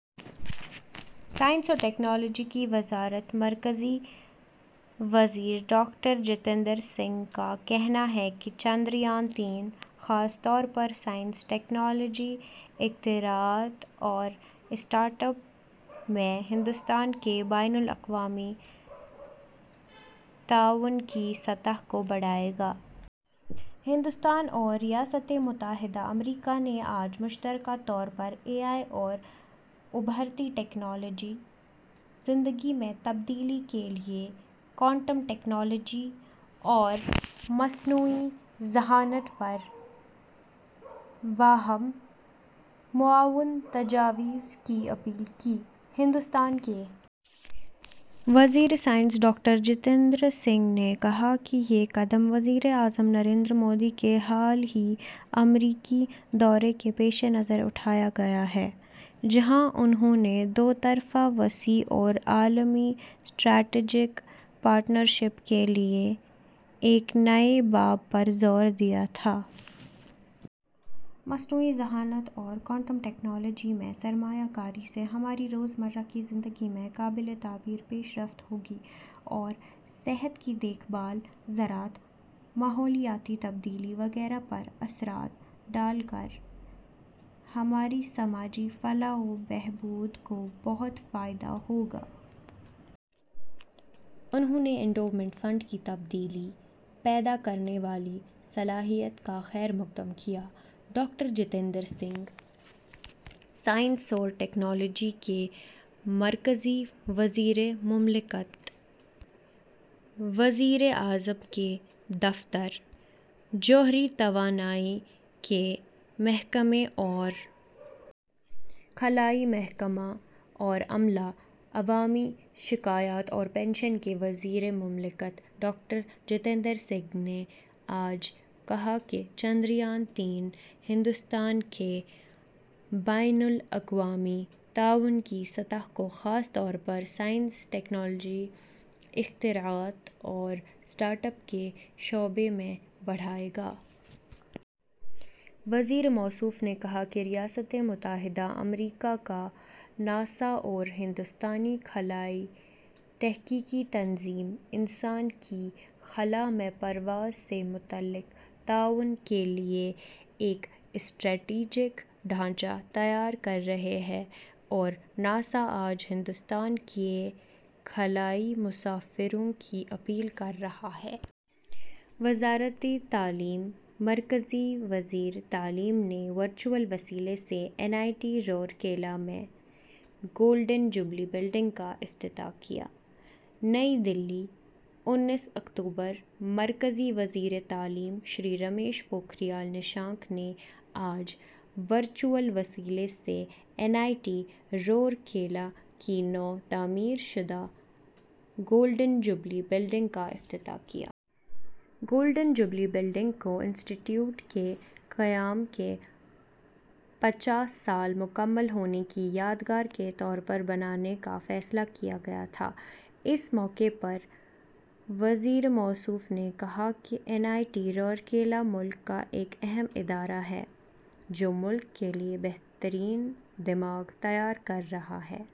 Science اور technology کی وزارت مرکزی وزیر ڈاکٹر جتیندر سنگھ کا کہنا ہے کہ چندریان-تین خاص طور پر سائنس، ٹیکنالوجی، اختراعات اور اسٹارٹ اپس میں ہندوستان کے بین الاقوامی تعاون کی سطح کو بڑھائے گا۔ ہندوستان اور ریاستہائے متحدہ امریکہ نے آج مشترکہ طور پر اہم اور ابھرتی ٹیکنالوجی: زندگی میں تبدیلی کے لیے کوانٹم ٹیکنالوجی اور مصنوعی ذہانت پر باہم معاون تجاویز کی اپیل کی۔ ہندوستان کے وزیر سائنس ڈاکٹر جتیندر سنگھ نے کہا کہ یہ قدم وزیر اعظم نریندر مودی کے حالیہ امریکی دورہ کے پیشِ نظر اٹھایا گیا ہے، جہاں انہوں نے دو طرفہ وسیع اور عالمی اسٹریٹجک پارٹنرشپ کے لیے ایک نئے باب پر زور دیا تھا۔ مصنوعی ذہانت اور کوانٹم ٹیکنالوجی میں سرمایہ کاری سے ہماری روزمرہ کی زندگی میں قابلِ تغیر پیش رفت ہوگی اور صحت کی دیکھ بھال، زراعت، ماحولیاتی تبدیلی وغیرہ پر اثرات ڈال کر ہماری سماجی فلاح و بہبود کو بہت فائدہ ہوگا۔ انہوں نے اینڈوومنٹ فنڈ کی تبدیلی پیدا کرنے والی صلاحیت کا خیر مقدم کیا: ڈاکٹر جتیندر سنگھ۔ سائنس و ٹیکنالوجی کے مرکزی وزیر مملکت، وزیر اعظم کے دفتر، جوہری توانائی کے محکمہ اور خلائی محکمہ اور عملہ، عوامی شکایات اور پنشن کے وزیر مملکت ڈاکٹر جتیندر سنگھ نے آج کہا کہ چندریان-تین ہندوستان کے بین الاقوامی تعاون کی سطح کو خاص طور پر سائنس، ٹیکنالوجی، اختراعات اور اسٹارٹ اپ کے شعبے میں بڑھائے گا۔ وزیر موصوف نے کہا کہ ریاستہائے متحدہ امریکہ کا ناسا اور ہندوستانی خلائی تحقیقی تنظیم انسان کی خلاء میں پرواز سے متعلق تعاون کے لیے ایک اسٹریٹجک ڈھانچہ تیار کر رہے ہیں اور ناسا آج ہندوستان کے خلائی مسافروں کی اپیل کر رہا ہے۔ وزارتِ تعلیم مرکزی وزیر تعلیم نے ورچوئل وسیلے سے این آئی ٹی راورکیلا میں گولڈن جوبلی بلڈنگ کا افتتاح کیا۔ نئی دہلی، انیس اکتوبر، مرکزی وزیر تعلیم شری رمیش پوکھریال ’نشنک‘ نے آج ورچوئل وسیلے سے این آئی ٹی راورکیلا کی نو تعمیر شدہ گولڈن جوبلی بلڈنگ کا افتتاح کیا۔ گولڈن جوبلی بلڈنگ کو انسٹی ٹیوٹ کے قیام کے پچاس سال مکمل ہونے کی یادگار کے طور پر بنانے کا فیصلہ کیا گیا تھا۔ اس موقع پر وزیر موصوف نے کہا کہ این آئی ٹی راورکیلا ملک کا ایک اہم ادارہ ہے، جو ملک کے لیے بہترین دماغ تیار کر رہا ہے۔